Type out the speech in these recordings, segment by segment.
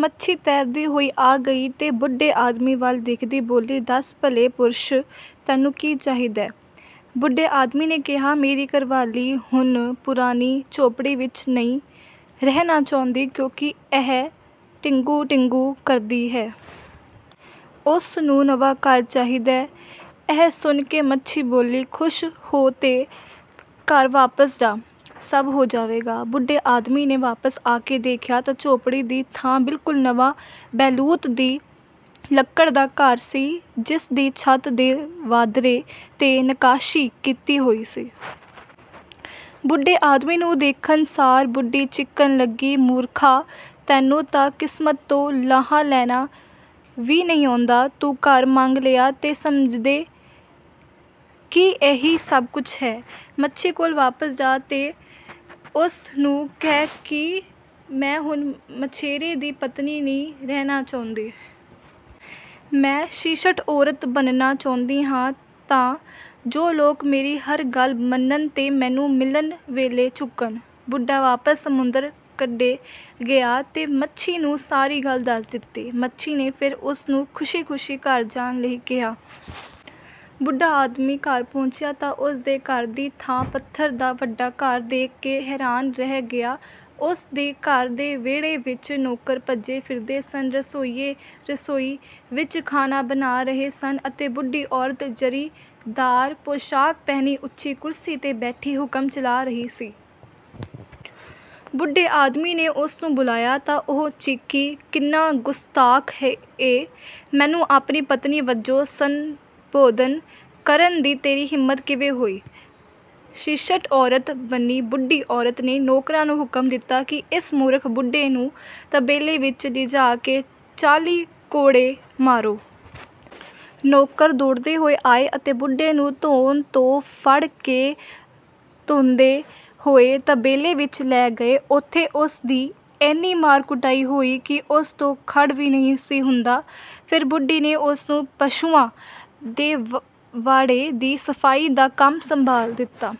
ਮੱਛੀ ਤੈਰਦੀ ਹੋਈ ਆ ਗਈ ਤੇ ਬੁੱਢੇ ਆਦਮੀ ਵੱਲ ਦੇਖਦੀ ਬੋਲੀ, ''ਦੱਸ, ਭਲੇ ਪੁਰਸ਼ ਤੈਨੂੰ ਕੀ ਚਾਹੀਦੈ? " ਬੁੱਢੇ ਆਦਮੀ ਨੇ ਕਿਹਾ,''ਮੇਰੀ ਘਰਵਾਲੀ ਹੁਣ ਪੁਰਾਣੀ ਝੌਂਪੜੀ ਵਿੱਚ ਨ੍ਹੀਂ ਰਹਿਣਾ ਚਾਹੁੰਦੀ ਕਿਉਂਕਿ ਇਹ ਡਿਗੂੰ-ਡਿਗੂੰ ਕਰਦੀ ਐ। ਉਸ ਨੂੰ ਨਵਾਂ ਘਰ ਚਾਹੀਦੈ। " ਇਹ ਸੁਣ ਕੇ ਮੱਛੀ ਬੋਲੀ,''ਖ਼ੁਸ਼ ਹੋ ਤੇ ਘਰ ਵਾਪਸ ਜਾਹ। ਸਭ ਹੋ ਜਾਵੇਗਾ। " ਬੁੱਢੇ ਆਦਮੀ ਨੇ ਵਾਪਸ ਆ ਕੇ ਦੇਖਿਆ ਤਾਂ ਝੌਂਪੜੀ ਦੀ ਥਾਂ ਬਿਲਕੁਲ ਨਵਾਂ ਬੈਲੂਤ ਦੀ ਲੱਕੜ ਦਾ ਘਰ ਸੀ ਜਿਸ ਦੀ ਛੱਤ ਦੇ ਵਾਧਰੇ 'ਤੇ ਨਕਾਸ਼ੀ ਕੀਤੀ ਹੋਈ ਸੀ। ਬੁੱਢੇ ਆਦਮੀ ਨੂੰ ਦੇਖਣ ਸਾਰ ਬੁੱਢੀ ਚੀਕਣ ਲੱਗੀ, ''ਮੂਰਖਾ, ਤੈਨੂੰ ਤਾਂ ਕਿਸਮਤ ਤੋਂ ਲਾਹਾ ਲੈਣਾ ਵੀ ਨ੍ਹੀਂ ਆਉਂਦਾ। ਤੂੰ ਘਰ ਮੰਗ ਲਿਆ ਤੇ ਸਮਝਦੈਂ ਕਿ ਇਹੀ ਸਭ ਕੁਝ ਹੈ। ਮੱਛੀ ਕੋਲ ਵਾਪਸ ਜਾਹ ਤੇ ਉਸ ਨੂੰ ਕਹਿ ਕਿ ਮੈਂ ਹੁਣ ਮਛੇਰੇ ਦੀ ਪਤਨੀ ਨ੍ਹੀਂ ਰਹਿਣਾ ਚਾਹੁੰਦੀ। ਮੈਂ ਸ਼ਿਸ਼ਟ ਔਰਤ ਬਣਨਾ ਚਾਹੁੰਦੀ ਹਾਂ ਤਾਂ ਜੋ ਲੋਕ ਮੇਰੀ ਹਰ ਗੱਲ ਮੰਨਣ ਤੇ ਮੈਨੂੰ ਮਿਲਣ ਵੇਲੇ ਝੁਕਣ। " ਬੁੱਢਾ ਵਾਪਸ ਸਮੁੰਦਰ ਕੰਢੇ ਗਿਆ ਤੇ ਮੱਛੀ ਨੂੰ ਸਾਰੀ ਗੱਲ ਦੱਸ ਦਿੱਤੀ। ਮੱਛੀ ਨੇ ਫਿਰ ਉਸ ਨੂੰ ਖ਼ੁਸ਼ੀ ਖ਼ੁਸ਼ੀ ਘਰ ਜਾਣ ਲਈ ਕਿਹਾ। ਬੁੱਢਾ ਆਦਮੀ ਘਰ ਪਹੁੰਚਿਆ ਤਾਂ ਉਸ ਦੇ ਘਰ ਦੀ ਥਾਂ ਪੱਥਰ ਦਾ ਵੱਡਾ ਘਰ ਦੇਖ ਕੇ ਹੈਰਾਨ ਰਹਿ ਗਿਆ। ਉਸ ਦੇ ਘਰ ਦੇ ਵਿਹੜੇ ਵਿੱਚ ਨੌਕਰ ਭੱਜੇ ਫਿਰਦੇ ਸਨ। ਰਸੋਈਏ ਰਸੋਈ ਵਿੱਚ ਖਾਣਾ ਬਣਾ ਰਹੇ ਸਨ ਅਤੇ ਬੁੱਢੀ ਔਰਤ ਜ਼ਰੀਦਾਰ ਪੋਸ਼ਾਕ ਪਹਿਨੀ ਉੱਚੀ ਕੁਰਸੀ 'ਤੇ ਬੈਠੀ ਹੁਕਮ ਚਲਾ ਰਹੀ ਸੀ। ਬੁੱਢੇ ਆਦਮੀ ਨੇ ਉਸ ਨੂੰ ਬੁਲਾਇਆ ਤਾਂ ਉਹ ਚੀਕੀ, ''ਕਿੰਨਾ ਗੁਸਤਾਖ਼ ਐਂ! ਮੈਨੂੰ ਆਪਣੀ ਪਤਨੀ ਵਜੋਂ ਸੰਬੋਧਨ ਕਰਨ ਦੀ ਤੇਰੀ ਹਿੰਮਤ ਕਿਵੇਂ ਹੋਈ? " ਸ਼ਿਸ਼ਟ ਔਰਤ ਬਣੀ ਬੁੱਢੀ ਔਰਤ ਨੇ ਨੌਕਰਾਂ ਨੂੰ ਹੁਕਮ ਦਿੱਤਾ ਕਿ ਇਸ ਮੂਰਖ ਬੁੱਢੇ ਨੂੰ ਤਬੇਲੇ ਵਿੱਚ ਲਿਜਾ ਕੇ ਚਾਲੀ ਕੋੜੇ ਮਾਰੋ। ਨੌਕਰ ਦੌੜਦੇ ਹੋਏ ਆਏ ਅਤੇ ਬੁੱਢੇ ਨੂੰ ਧੌਣ ਤੋਂ ਫੜ੍ਹ ਕੇ ਧੂੰਹਦੇ ਹੋਏ ਤਬੇਲੇ ਵਿੱਚ ਲੈ ਗਏ। ਉੱਥੇ ਉਸ ਦੀ ਐਨੀ ਮਾਰ-ਕੁਟਾਈ ਹੋਈ ਕਿ ਉਸ ਤੋਂ ਖੜ੍ਹ ਵੀ ਨਹੀਂ ਸੀ ਹੁੰਦਾ। ਫਿਰ ਬੁੱਢੀ ਨੇ ਉਸ ਨੂੰ ਪਸ਼ੂਆਂ ਦੇ ਵਾੜੇ ਦੀ ਸਫ਼ਾਈ ਦਾ ਕੰਮ ਸੰਭਾਲ ਦਿੱਤਾ।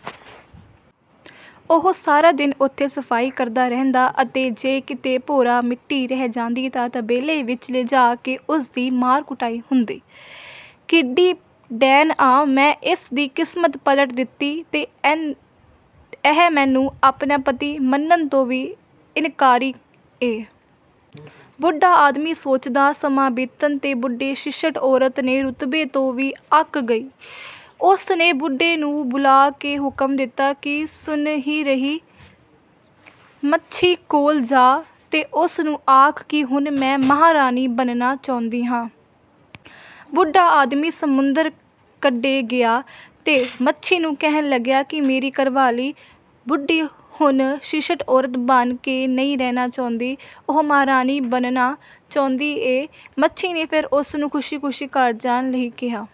ਉਹ ਸਾਰਾ ਦਿਨ ਉੱਥੇ ਸਫ਼ਾਈ ਕਰਦਾ ਰਹਿੰਦਾ ਅਤੇ ਜੇ ਕਿਤੇ ਭੋਰਾ ਮਿੱਟੀ ਰਹਿ ਜਾਂਦੀ ਤਾਂ ਤਬੇਲੇ ਵਿੱਚ ਲਿਜਾ ਕੇ ਉਸ ਦੀ ਮਾਰ-ਕੁਟਾਈ ਹੁੰਦੀ। ''ਕਿੱਡੀ ਡੈਣ ਆ? ਮੈਂ ਇਸ ਦੀ ਕਿਸਮਤ ਪਲਟ ਦਿੱਤੀ ਤੇ ਇਹ ਮੈਨੂੰ ਆਪਣਾ ਪਤੀ ਮੰਨਣ ਤੋਂ ਵੀ ਇਨਕਾਰੀ ਐ। " ਬੁੱਢਾ ਆਦਮੀ ਸੋਚਦਾ। ਸਮਾਂ ਬੀਤਣ 'ਤੇ ਬੁੱਢੀ ਸ਼ਿਸ਼ਟ ਔਰਤ ਦੇ ਰੁਤਬੇ ਤੋਂ ਵੀ ਅੱਕ ਗਈ। ਉਸ ਨੇ ਬੁੱਢੇ ਨੂੰ ਬੁਲਾ ਕੇ ਹੁਕਮ ਦਿੱਤਾ ਕਿ ਸੁਨਹਿਰੀ ਮੱਛੀ ਕੋਲ ਜਾਹ ਤੇ ਉਸ ਨੂੰ ਆਖ ਕਿ ਹੁਣ ਮੈਂ ਮਹਾਰਾਣੀ ਬਣਨਾ ਚਾਹੁੰਦੀ ਹਾਂ। ਬੁੱਢਾ ਆਦਮੀ ਸਮੁੰਦਰ ਕੰਢੇ ਗਿਆ ਤੇ ਮੱਛੀ ਨੂੰ ਕਹਿਣ ਲੱਗਿਆ ਕਿ ਮੇਰੀ ਘਰਵਾਲੀ ਬੁੱਢੀ ਹੁਣ ਸ਼ਿਸ਼ਟ ਔਰਤ ਬਣ ਕੇ ਨਹੀਂ ਰਹਿਣਾ ਚਾਹੁੰਦੀ। ਉਹ ਮਹਾਰਾਣੀ ਬਣਨਾ ਚਾਹੁੰਦੀ ਐ। ਮੱਛੀ ਨੇ ਫਿਰ ਉਸ ਨੂੰ ਖ਼ੁਸ਼ੀ ਖ਼ੁਸ਼ੀ ਘਰ ਜਾਣ ਲਈ ਕਿਹਾ।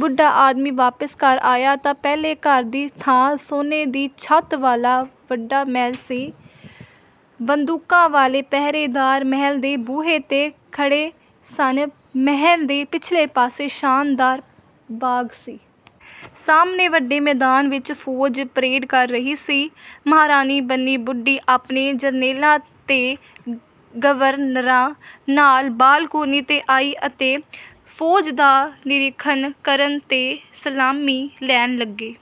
ਬੁੱਢਾ ਆਦਮੀ ਵਾਪਸ ਘਰ ਆਇਆ ਤਾਂ ਪਹਿਲੇ ਘਰ ਦੀ ਥਾਂ ਸੋਨੇ ਦੀ ਛੱਤ ਵਾਲਾ ਵੱਡਾ ਮਹਿਲ ਸੀ। ਬੰਦੂਕਾਂ ਵਾਲੇ ਪਹਿਰੇਦਾਰ ਮਹਿਲ ਦੇ ਬੂਹੇ 'ਤੇ ਖੜ੍ਹੇ ਸਨ। ਮਹਿਲ ਦੇ ਪਿਛਲੇ ਪਾਸੇ ਸ਼ਾਨਦਾਰ ਬਾਗ਼ ਸੀ। ਸਾਹਮਣੇ ਵੱਡੇ ਮੈਦਾਨ ਵਿੱਚ ਫ਼ੌਜ ਪਰੇਡ ਕਰ ਰਹੀ ਸੀ। ਮਹਾਰਾਣੀ ਬਣੀ ਬੁੱਢੀ ਆਪਣੇ ਜਰਨੈਲਾਂ ਤੇ ਗਵਰਨਰਾਂ ਨਾਲ ਬਾਲਕੋਨੀ 'ਤੇ ਆਈ ਅਤੇ ਫ਼ੌਜ ਦਾ ਨਿਰੀਖਣ ਕਰਨ ਤੇ ਸਲਾਮੀ ਲੈਣ ਲੱਗੀ।